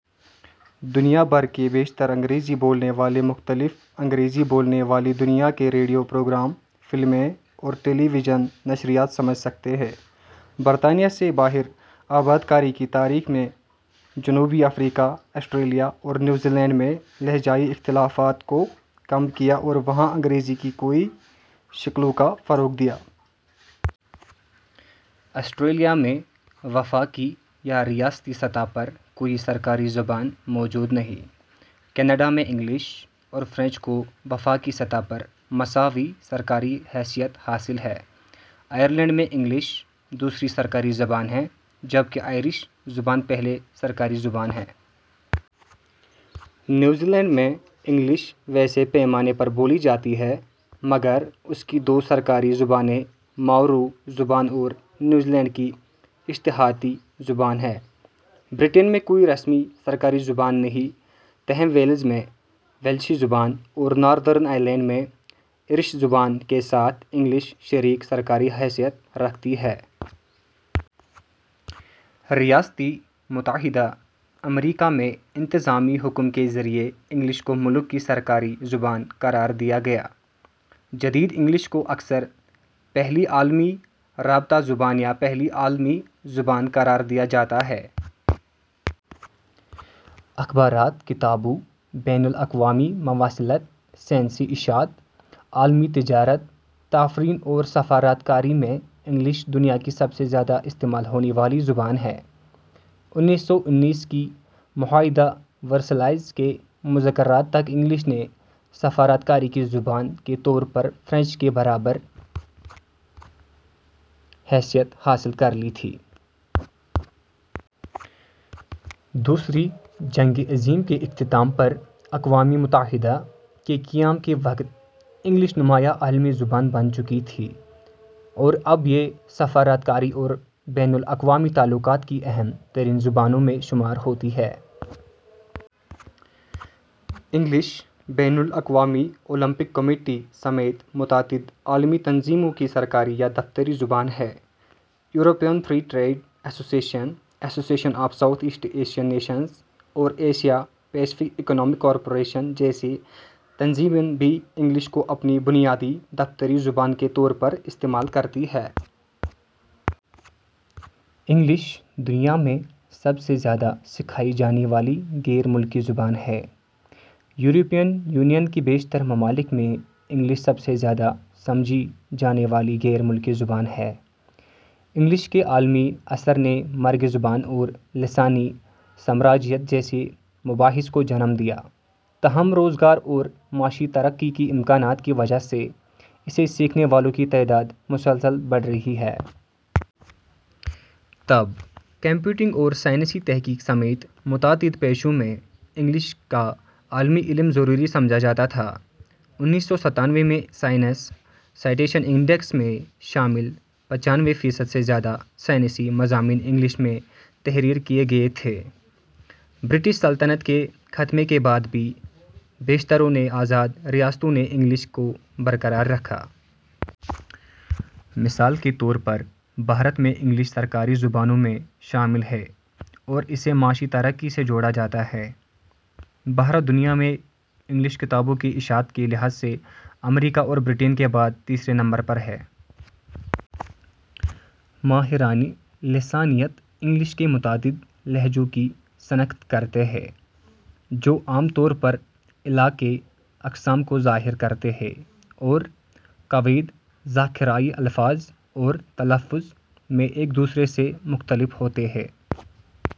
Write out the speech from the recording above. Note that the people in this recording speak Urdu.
دنیا بھر کے بیشتر انگریزی بولنے والے مختلف انگریزی بولنے والی دنیا کے ریڈیو پروگرام، فلمیں اور ٹیلی وژن نشریات سمجھ سکتے ہیں۔ برطانیہ سے باہر آبادکاری کی تاریخ نے جنوبی افریقا ، آسٹریلیا اور نیوزی لینڈ میں لہجائی اختلافات کو کم کیا اور وہاں انگریزی کی کوئنے شکلوں کو فروغ دیا۔ آسٹریلیا میں وفاقی یا ریاستی سطح پر کوئی سرکاری زبان موجود نہیں۔ کینیڈا میں انگریزی اور فرانسیسی کو وفاقی سطح پر مساوی سرکاری حیثیت حاصل ہے۔ آئرلینڈ میں انگریزی دوسری سرکاری زبان ہے، جبکہ آئیرستانی زبان پہلی سرکاری زبان ہے۔ نیوزی لینڈ میں انگریزی وسیع پیمانے پر بولی جاتی ہے، مگر اس کی دو سرکاری زبانیں ماؤری زبان اور نیوزی لینڈ کی اشارتی زبان ہیں۔ برطانیہ میں کوئی رسمی سرکاری زبان نہیں، تاہم ویلز میں ویلزی زبان اور شمالی آئرلینڈ میں آئیرستانی زبان کے ساتھ انگریزی شریک سرکاری حیثیت رکھتی ہے۔ ریاست ہائے متحدہ امریکہ میں ء میں انتظامی حکم کے ذریعے انگریزی کو ملک کی سرکاری زبان قرار دیا گیا۔ جدید انگریزی کو اکثر پہلی عالمی رابطہ زبان یا پہلی عالمی زبان قرار دیا جاتا ہے۔ اخبارات، کتابوں، بین الاقوامی مواصلات، سائنسی اشاعت، عالمی تجارت، تفریح اور سفارت کاری میں انگریزی دنیا کی سب سے زیادہ استعمال ہونے والی زبان ہے۔ ء کے معاہدۂ ورسائے کے مذاکرات تک انگریزی نے سفارت کاری کی زبان کے طور پر فرانسیسی کے برابر حیثیت حاصل کر لی تھی۔ دوسری جنگ عظیم کے اختتام پر اقوام متحدہ کے قیام کے وقت انگریزی نمایاں عالمی زبان بن چکی تھی اور اب یہ سفارت کاری اور بین الاقوامی تعلقات کی اہم ترین زبانوں میں شمار ہوتی ہے۔ انگریزی بین الاقوامی اولمپک کمیٹی سمیت متعدد عالمی تنظیموں کی سرکاری یا دفتری زبان ہے۔ یورپی آزاد تجارت انجمن ، تنظیم برائے جنوب مشرقی ایشیائی اقوام اور ایشیا بحرالکاہل اقتصادی تعاون جیسی تنظیمیں بھی انگریزی کو اپنی بنیادی دفتری زبان کے طور پر استعمال کرتی ہیں۔ انگریزی دنیا میں سب سے زیادہ سکھائی جانے والی غیر ملکی زبان ہے۔ یورپی اتحاد کے بیشتر ممالک میں انگریزی سب سے زیادہ سمجھی جانے والی غیر ملکی زبان ہے۔ انگریزی کے عالمی اثر نے مرگ زبان اور لسانی سامراجیت جیسے مباحث کو جنم دیا، تاہم روزگار اور معاشی ترقی کے امکانات کے باعث اس کے سیکھنے والوں کی تعداد مسلسل بڑھ رہی ہے۔ طب، کمپیوٹنگ اور سائنسی تحقیق سمیت متعدد پیشوں میں انگریزی کا عملی علم ضروری سمجھا جاتا ہے۔ ء میں میں شامل فیصد سے زیادہ سائنسی مضامین انگریزی میں تحریر کیے گئے تھے۔ برطانوی سلطنت کے خاتمے کے بعد بھی بیشتر نوآزاد ریاستوں نے انگریزی کو برقرار رکھا۔ مثال کے طور پر بھارت میں انگریزی سرکاری زبانوں میں شامل ہے اور اسے معاشی ترقی سے جوڑا جاتا ہے۔ بھارت دنیا میں انگریزی کتابوں کی اشاعت کے لحاظ سے امریکا اور برطانیہ کے بعد تیسرے نمبر پر ہے۔ ۔ ماہرینِ لسانیات انگریزی کے متعدد لہجوں کی شناخت کرتے ہیں، جو عموماً علاقائی اقسام کو ظاہر کرتے ہیں اور قواعد، ذخیرہ الفاظ اور تلفظ میں ایک دوسرے سے مختلف ہوتے ہیں۔